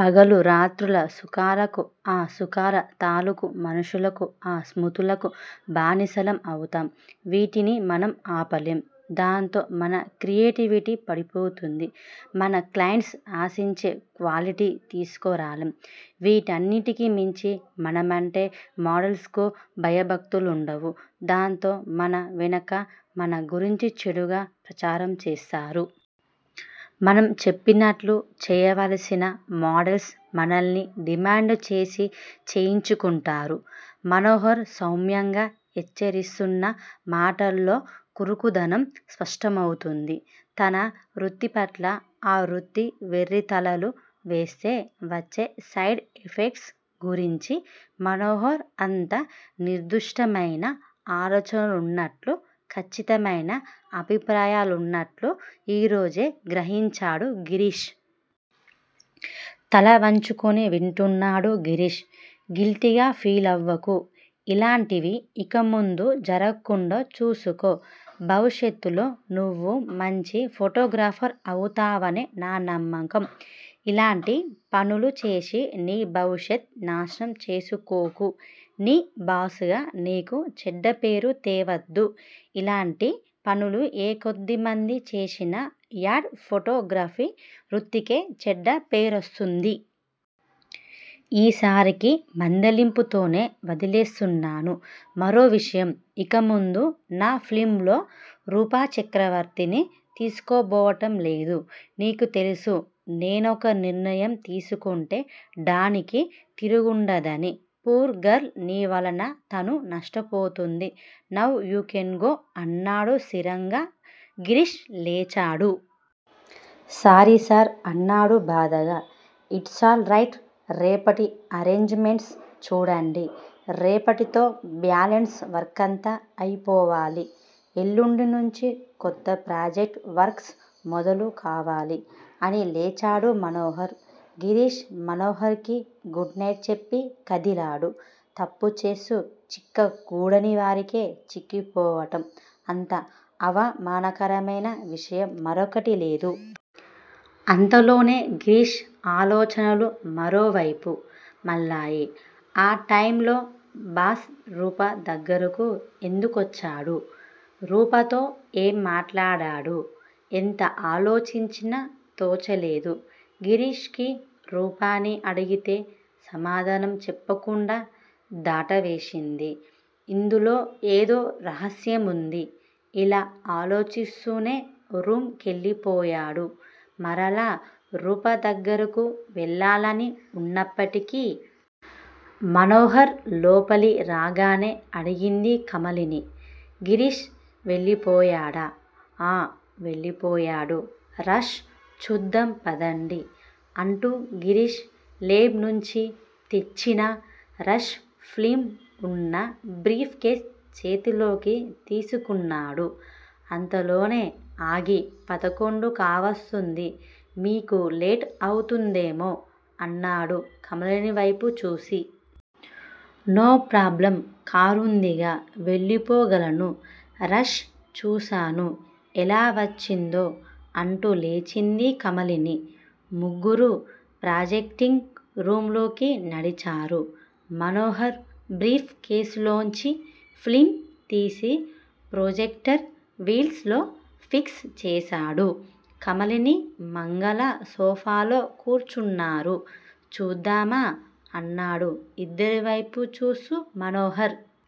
పగలు రాత్రుల సుఖాలకు, ఆ సుఖాల తాలూకు మనుష్యులకు, ఆ స్మృతులకు బానిసలం అవుతాం. వీటిని మనం ఆపలేం. దాంతో మన క్రియేటివిటీ పడిపోతుంది. మన క్లాయింట్స్ ఆశించే క్వాలిటీ తీసుకురాలేం. వీటన్నింటికిమించి మనమంటే మోడల్స్ కు భయభక్తులుండవు. దాంతో మన వెనుక మన గురించి చెడుగా ప్రచారం చేస్తారు. మనం చెప్పినట్లు చేయవల్సిన మోడల్స్ మనల్ని డిమాండ్ చేసి చేయించుకుంటారు మనోహర్ సౌమ్యంగా హెచ్చరిస్తున్నా మాటల్లో కరుకుదనం స్పష్టమవుతోంది. తన వృత్తిపట్ల, ఆ వృత్తి వెర్రితలలు వేస్తే వచ్చే సైడ్ ఎఫెక్ట్సు గురించి మనోహర్ అంత నిర్దుష్టమైన ఆలోచనలున్నట్లు ఖచ్చితమైన అభిప్రాయాలున్నట్లు ఈరోజే గ్రహించాడు గిరీష్. తల వంచుకొనివింటున్నాడు గిరీష్. గిల్టీగా ఫీలవ్వకు. ఇలాంటివి ఇకముందు జరక్కుండా చూసుకో. భవిష్యత్ లో నువ్వు మంచి ఫోటోగ్రాఫర్ అవుతావనే నానమ్మకం. ఇలాంటి పనులుచేసి నీ భవిష్యత్ నాశనం చేసుకోకు. నీ బాస్ గా నీకు చెడ్డపేరు తేవద్దు. ఇలాంటి పనులు ఏ కొద్దిమంది చేసినా యాడ్ ఫోటో గ్రఫీ వృత్తికే చెడ్డ పేరొస్తుంది. ఈసారికి మందలింపుతోనే వదిలేస్తున్నాను మరో విషయం. ఇకముందు నా ఫిల్మ్ లో రూపా చక్రవర్తిని తీసుకోబోవటంలేదు. నీకు తెలుసు నేనొక నిర్ణయం తీసుకుంటే డానికి తిరుగుండదని. పూర్ గర్ల్ నీ వలన తను నష్టపోతోంది నౌ యూ కెన్ గో అన్నాడు స్థిరంగా. గిరీష్ లేచాడు. సారీ సర్ అన్నాడు బాధగా. It's all right! రేపటి అరెంజ్ మెంట్స్ చూడండి. రేపటితో బ్యాలన్స్ వర్కంతా అయిపోవాలి. ఎల్లుండి నుంచి కొత్త ప్రాజెక్టు వర్క్స్ మొదలు కావాలి అని లేచాడు మనోహర్. గిరీష్ మనోహర్ కి గుడ్ నైట్ చెప్పి కదిలాడు. తప్పుచేస్తూ, చిక్క గూడని వారికే చిక్కిపోవటం అంత అవమానకరమైన విషయం మరొకటి లేదు. అంతలోనే గిరీష్ ఆలోచనలు మరో వైపు మళ్ళాయి. ఆ టైమ్ లో బాస్ రూపా దగ్గరకు ఎందుకొచ్చాడు? రూపాతో ఏం మాట్లాడాడు? ఎంత ఆలోచించినా తోచలేదు గిరీష్ కి రూపాని అడిగితే సమాధానం చెప్పకుండా దాటవేసింది. ఇందులో ఏదో రహస్యం వుంది ఇలా ఆలోచిస్తూనే రూమ్ కెళ్ళిపోయాడు-మరలా రూపా దగ్గరకు వెళ్ళాలని వున్నప్పటికి. మనోహర్ లోపలి రాగానే అడిగింది కమలిని. గిరీష్ వెళ్ళిపోయాడా? ఆ వెళ్ళిపోయాడు. రష్ చూద్దాం పదండి అంటూ గిరీష్ లేబ్ నుంచి తెచ్చిన రష్ ఫిల్మ్ వున్న బ్రీఫ్ కేస్ చేతిలోకి తీసుకున్నాడు. అంతలోనే ఆగి పదకొండు కావస్తోంది. మీకు లేట్ అవుతుందేమో అన్నాడు కమలినివైపు చూసి. నో ప్రాబ్లమ్ కారుందిగా వెళ్ళిపోగలను. రష్ చూస్తాను ఎలా వచ్చిందో అంటూ లేచింది కమలిని. ముగ్గురూ ప్రాజెక్టింగ్ రూమ్ లోకి నడిచారు. మనోహర్ బ్రీఫ్ కేసులోంచి ఫిల్మ్ తీసి ప్రొజెక్టర్ వీల్స్ లో ఫిక్స్ చేసాడు. కమలిని, మంగళ సోఫాలో కూర్చున్నారు. చూద్దామా? అన్నాడు ఇద్దరివేపు చూస్తూ మనోహర్.